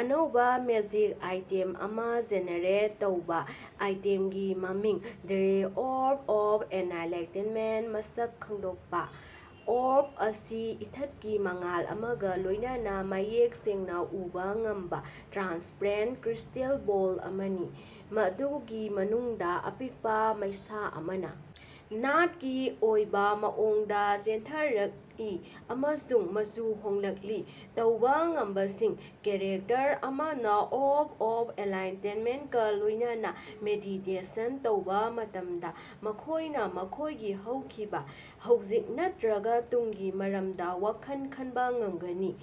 ꯑꯅꯧꯕꯥ magic item ꯑꯃ generate ꯇꯧꯕ꯫ ꯑꯥꯏꯇꯦꯝꯒꯤ ꯃꯃꯤꯡ: ꯗꯤ ꯑꯣꯔꯕ ꯑꯣꯐ ꯑꯦꯟꯂꯥꯏꯇꯦꯟꯃꯦꯟ ꯃꯁꯛ ꯈꯪꯗꯣꯛꯄ: ꯑꯣꯔꯕ ꯑꯁꯤ ꯏꯊꯠꯀꯤ ꯃꯉꯥꯜ ꯑꯃꯒ ꯂꯣꯏꯅꯅꯥ ꯃꯌꯦꯛ ꯁꯦꯡꯅ ꯎꯕꯥ ꯉꯝꯕ, ꯇ꯭ꯔꯥꯟꯁꯄꯔꯦꯟ ꯀ꯭ꯔꯤꯁꯇꯦꯜ ꯕꯣꯜ ꯑꯃꯅꯤ꯫ ꯃꯗꯨꯒꯤ ꯃꯅꯨꯡꯗ ꯑꯄꯤꯛꯄꯥ ꯃꯩꯁꯥ ꯑꯃꯅ ꯅꯥꯠꯀꯤ ꯑꯣꯏꯕ ꯃꯑꯣꯡꯗ ꯆꯦꯟꯊꯔꯛꯏ ꯑꯃꯁꯨꯡ ꯃꯆꯨ ꯍꯣꯡꯂꯛꯂꯤ꯫ ꯇꯧꯕ ꯉꯝꯕꯁꯤꯡ: ꯀꯦꯔꯦꯛꯇꯔ ꯑꯃꯅ ꯑꯣꯔꯕ ꯑꯣꯐ ꯑꯦꯟꯂꯥꯏꯇꯦꯟꯃꯦꯟꯀꯥ ꯂꯣꯏꯅꯅꯥ ꯃꯦꯗꯤꯇꯦꯁꯟ ꯇꯧꯕ ꯃꯇꯝꯗ ꯃꯈꯣꯏꯅ ꯃꯈꯣꯏꯒꯤ ꯍꯧꯈꯤꯕ, ꯍꯧꯖꯤꯛ ꯅꯠꯇ꯭ꯔꯒ ꯇꯨꯡꯒꯤ ꯃꯔꯝꯗ ꯋꯥꯈꯜ ꯈꯟꯕ ꯉꯝꯒꯅꯤ꯫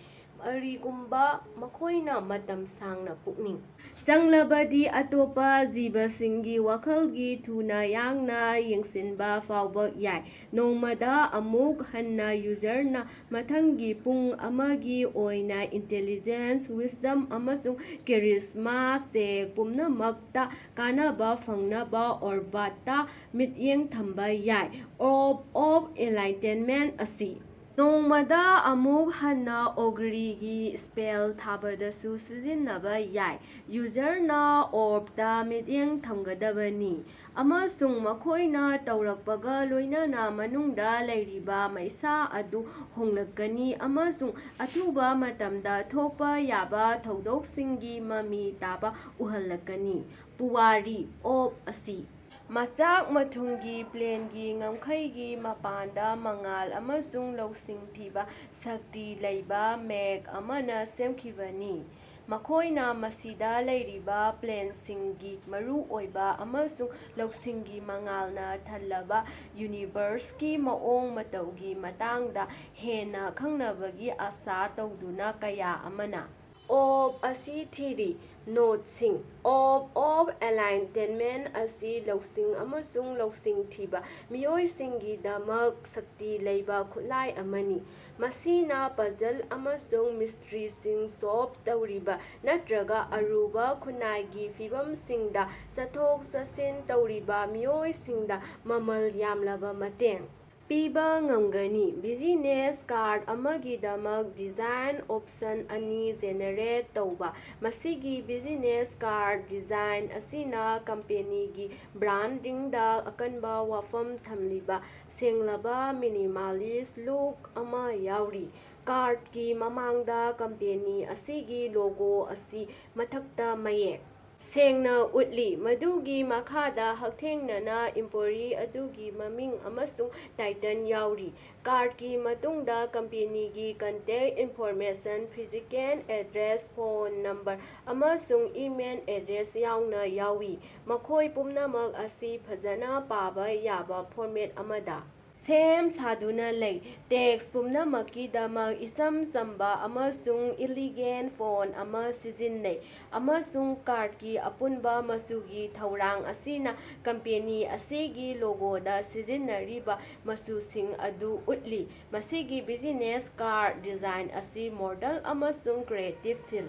ꯀꯔꯤꯒꯨꯝꯕ ꯃꯈꯣꯏꯅ ꯃꯇꯝ ꯁꯥꯡꯅ ꯄꯨꯛꯅꯤꯡ ꯆꯪꯂꯕꯗꯤ, ꯑꯇꯣꯞꯄꯥ ꯖꯤꯕꯁꯤꯡꯒꯤ ꯋꯥꯈꯜꯒꯤ ꯊꯨꯅꯥ ꯌꯥꯡꯅ ꯌꯦꯡꯁꯤꯟꯕ ꯐꯥꯎꯕ ꯌꯥꯏ꯫ ꯅꯣꯡꯃꯗꯥ ꯑꯃꯨꯛ ꯍꯟꯅꯥ ꯌꯨꯖꯔꯅꯥ ꯃꯊꯪꯒꯤ ꯄꯨꯡ ꯑꯃꯒꯤ ꯑꯣꯏꯅ ꯏꯟꯇꯦꯂꯤꯖꯦꯟꯁ, ꯋꯤꯁꯗꯝ, ꯑꯃꯁꯨꯡ ꯀꯦꯔꯤꯖꯃꯥ ꯆꯦꯛ ꯄꯨꯝꯅꯃꯛꯇꯥ ꯀꯥꯟꯅꯕ ꯐꯪꯅꯕ ꯑꯣꯔꯕꯇꯥ ꯃꯤꯠꯌꯦꯡ ꯊꯝꯕ ꯌꯥꯏ꯫ ꯑꯣꯔꯕ ꯑꯣꯐ ꯑꯦꯟꯂꯥꯏꯇꯦꯟꯃꯦꯟ ꯑꯁꯤ ꯅꯣꯡꯃꯗꯥ ꯑꯃꯨꯛ ꯍꯟꯅꯥ ꯑꯣꯒꯔꯤꯒꯤ ꯁ꯭ꯄꯦꯜ ꯊꯥꯕꯗꯁꯨ ꯁꯤꯖꯤꯟꯅꯕ ꯌꯥꯏ꯫ ꯌꯨꯖꯔꯅꯥ ꯑꯣꯔꯕꯇꯥ ꯃꯤꯠꯌꯦꯡ ꯊꯝꯒꯗꯕꯅꯤ, ꯑꯃꯁꯨꯡ ꯃꯈꯣꯏꯅ ꯇꯧꯔꯛꯄꯒꯥ ꯂꯣꯏꯅꯅꯥ ꯃꯅꯨꯡꯗ ꯂꯩꯔꯤꯕ ꯃꯩꯁꯥ ꯑꯗꯨ ꯍꯣꯡꯂꯛꯀꯅꯤ ꯑꯃꯁꯨꯡ ꯑꯊꯨꯕꯥ ꯃꯇꯝꯗꯥ ꯊꯣꯛꯄ ꯌꯥꯕ ꯊꯧꯗꯣꯛꯁꯤꯡꯒꯤ ꯃꯃꯤ ꯇꯥꯕ ꯎꯍꯜꯂꯛꯀꯅꯤ꯫ ꯄꯨꯋꯥꯔꯤ: ꯑꯣꯔꯕ ꯑꯁꯤ ꯃꯆꯥꯛ ꯃꯊꯨꯝꯒꯤ ꯄ꯭ꯂꯦꯟꯒꯤ ꯉꯝꯈꯩꯒꯤ ꯃꯄꯥꯟꯗ ꯃꯉꯥꯜ ꯑꯃꯁꯨꯡ ꯂꯧꯁꯤꯡ ꯊꯤꯕ ꯁꯛꯇꯤ ꯂꯩꯕ ꯃꯦꯒ ꯑꯃꯅ ꯁꯦꯝꯈꯤꯕꯅꯤ꯫ ꯃꯈꯣꯏꯅ ꯃꯁꯤꯗ ꯂꯩꯔꯤꯕ ꯄ꯭ꯂꯦꯟꯁꯤꯡꯒꯤ ꯃꯔꯨꯑꯣꯏꯕ ꯑꯃꯁꯨꯡ ꯂꯧꯁꯤꯡꯒꯤ ꯃꯉꯥꯜꯅ ꯊꯜꯂꯕꯥ, ꯌꯨꯅꯤꯚꯔꯁꯀꯤ ꯃꯑꯣꯡ ꯃꯇꯧꯒꯤ ꯃꯇꯥꯡꯗ ꯍꯦꯟꯅꯥ ꯈꯪꯅꯕꯒꯤ ꯑꯥꯁꯥ ꯇꯧꯗꯨꯅꯥ ꯀꯌꯥ ꯑꯃꯅ ꯑꯣꯔꯕ ꯑꯁꯤ ꯊꯤꯔꯤ꯫ ꯅꯣꯠꯁꯤꯡ: ꯑꯣꯔꯕ ꯑꯣꯐ ꯑꯦꯟꯂꯥꯏꯇꯦꯟꯃꯦꯟ ꯑꯁꯤ ꯂꯧꯁꯤꯡ ꯑꯃꯁꯨꯡ ꯂꯧꯁꯤꯡ ꯊꯤꯕꯥ ꯃꯤꯑꯣꯏꯁꯤꯡꯒꯤꯗꯃꯛ ꯁꯛꯇꯤ ꯂꯩꯕꯥ ꯈꯨꯠꯂꯥꯏ ꯑꯃꯅꯤ꯫ ꯃꯁꯤꯅ ꯄꯥꯖꯜ ꯑꯃꯁꯨꯡ ꯃꯤꯁꯇ꯭ꯔꯤꯁꯤꯡ ꯁꯣꯜꯐ ꯇꯧꯔꯤꯕ ꯅꯠꯇ꯭ꯔꯒ ꯑꯔꯨꯕ ꯈꯨꯟꯅꯥꯏꯒꯤ ꯐꯤꯚꯝꯁꯤꯡꯗ ꯆꯠꯊꯣꯛ-ꯆꯠꯁꯤꯟ ꯇꯧꯔꯤꯕ ꯃꯤꯑꯣꯏꯁꯤꯡꯗ ꯃꯃꯜ ꯌꯥꯝꯂꯕ ꯃꯇꯦꯡ ꯄꯤꯕ ꯉꯝꯒꯅꯤ꯫ ꯕꯤꯖꯤꯅꯦꯁ ꯀꯥꯔꯠ ꯑꯃꯒꯤꯗꯃꯛ ꯗꯤꯖꯥꯏꯟ ꯑꯣꯞꯁꯟ ꯑꯅꯤ ꯖꯦꯅꯦꯔꯦꯠ ꯇꯧꯕ꯫ ꯃꯁꯤꯒꯤ ꯕꯤꯖꯤꯅꯦꯁ ꯀꯥꯔꯠ ꯗꯤꯖꯥꯏꯟ ꯑꯁꯤꯅ ꯀꯝꯄꯦꯅꯤꯒꯤ ꯕ꯭ꯔꯥꯟꯗꯤꯡꯗ ꯑꯀꯟꯕ ꯋꯥꯐꯝ ꯊꯝꯂꯤꯕ ꯁꯦꯡꯂꯕ, ꯃꯤꯅꯤꯃꯥꯂꯤꯁ ꯂꯨꯛ ꯑꯃ ꯌꯥꯎꯔꯤ꯫ ꯀꯥꯔꯠꯀꯤ ꯃꯃꯥꯡꯗ ꯀꯝꯄꯦꯅꯤ ꯑꯁꯤꯒꯤ ꯂꯣꯒꯣ ꯑꯁꯤ ꯃꯊꯛꯇ ꯃꯌꯦꯛ ꯁꯦꯡꯅꯥ ꯎꯠꯂꯤ, ꯃꯗꯨꯒꯤ ꯃꯈꯥꯗ ꯍꯛꯊꯦꯡꯅꯅꯥ ꯏꯝꯄ꯭ꯂꯣꯌꯤ ꯑꯗꯨꯒꯤ ꯃꯃꯤꯡ ꯑꯃꯁꯨꯡ ꯇꯥꯏꯇꯜ ꯌꯥꯎꯔꯤ꯫ ꯀꯥꯔꯠꯀꯤ ꯃꯇꯨꯡꯗ ꯀꯝꯄꯅꯤꯒꯤ contact information, physical address, phone number, ꯑꯃꯁꯨꯡ ꯏꯃꯦꯜ ꯑꯦꯗ꯭ꯔꯦꯁ ꯌꯥꯎꯅ ꯌꯥꯎꯏ, ꯃꯈꯣꯏ ꯄꯨꯝꯅꯃꯛ ꯑꯁꯤ ꯐꯖꯅ ꯄꯥꯕ ꯌꯥꯕ ꯐꯣꯔꯃꯦꯠ ꯑꯃꯗ ꯁꯦꯝ-ꯁꯥꯗꯨꯅ ꯂꯩ꯫ ꯇꯦꯛꯁ ꯄꯨꯝꯅꯃꯛꯀꯤꯗꯃꯛ ꯏꯆꯝ ꯆꯝꯕ ꯑꯃꯁꯨꯡ ꯏꯂꯤꯒꯦꯟ ꯐꯣꯟ ꯑꯃ ꯁꯤꯖꯤꯟꯅꯩ, ꯑꯃꯁꯨꯡ ꯀꯥꯔꯠꯀꯤ ꯑꯄꯨꯟꯕ ꯃꯆꯨꯒꯤ ꯊꯧꯔꯥꯡ ꯑꯁꯤꯅ ꯀꯝꯄꯦꯅꯤ ꯑꯁꯤꯒꯤ ꯂꯣꯒꯣꯗꯥ ꯁꯤꯖꯤꯟꯅꯔꯤꯕ ꯃꯆꯨꯁꯤꯡ ꯑꯗꯨ ꯎꯠꯂꯤ꯫ ꯃꯁꯤꯒꯤ ꯕꯤꯖꯤꯅꯦꯁ ꯀꯥꯔꯠ ꯗꯤꯖꯥꯏꯟ ꯑꯁꯤ ꯃꯣꯗꯔꯟ ꯑꯃꯁꯨꯡ ꯀ꯭ꯔꯤꯌꯦꯇꯤꯚ ꯐꯤꯜ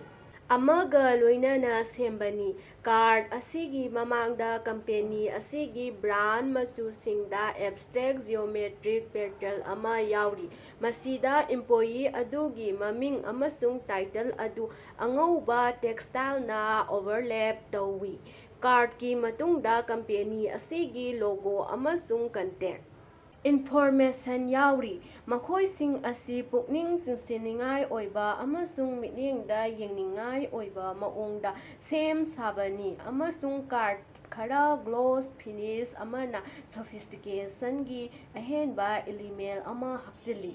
ꯑꯃꯒ ꯂꯣꯏꯅꯅꯥ ꯁꯦꯝꯕꯅꯤ꯫ ꯀꯥꯔꯠ ꯑꯁꯤꯒꯤ ꯃꯃꯥꯡꯗ ꯀꯝꯄꯦꯅꯤ ꯑꯁꯤꯒꯤ ꯕ꯭ꯔꯥꯟ ꯃꯆꯨꯁꯤꯡꯗꯥ ꯑꯦꯕꯁꯇ꯭ꯔꯦꯛ, ꯖꯤꯑꯣꯃꯦꯇ꯭ꯔꯤꯛ ꯄꯦꯇꯔꯟ ꯑꯃ ꯌꯥꯎꯔꯤ, ꯃꯁꯤꯗ ꯏꯝꯄ꯭ꯂꯣꯌꯤ ꯑꯗꯨꯒꯤ ꯃꯃꯤꯡ ꯑꯃꯁꯨꯡ ꯇꯥꯏꯇꯜ ꯑꯗꯨ ꯑꯉꯧꯕꯥ ꯇꯦꯛꯁꯇꯥꯏꯜꯅꯥ ꯑꯣꯚꯔꯂꯦ ꯇꯧꯏ꯫ ꯀꯥꯔꯠꯀꯤ ꯃꯇꯨꯡꯗ ꯀꯝꯄꯦꯅꯤ ꯑꯁꯤꯒꯤ ꯂꯣꯒꯣ ꯑꯃꯁꯨꯡ ꯀꯟꯇꯦꯛ ꯏꯟꯐꯣꯔꯃꯦꯁꯟ ꯌꯥꯎꯔꯤ, ꯃꯈꯣꯏꯁꯤꯡ ꯑꯁꯤ ꯄꯨꯛꯅꯤꯡ ꯆꯤꯡꯁꯤꯟꯅꯤꯡꯉꯥꯏ ꯑꯣꯏꯕ ꯑꯃꯁꯨꯡ ꯃꯤꯠꯌꯦꯡꯗ ꯌꯦꯡꯅꯤꯡꯉꯥꯏ ꯑꯣꯏꯕ ꯃꯑꯣꯡꯗꯥ ꯁꯦꯝ ꯁꯥꯕꯅꯤ ꯑꯃꯁꯨꯡ ꯀꯥꯔꯠꯇꯥ ꯈꯔ ꯒ꯭ꯂꯣꯁ ꯐꯤꯅꯤꯁ ꯑꯃꯅꯥ ꯁꯣꯐꯤꯁ꯭ꯇꯤꯀꯦꯁꯟꯒꯤ ꯑꯍꯦꯟꯕꯥ ꯏꯂꯤꯃꯦꯟ ꯑꯃ ꯍꯥꯞꯆꯤꯜꯂꯤ꯫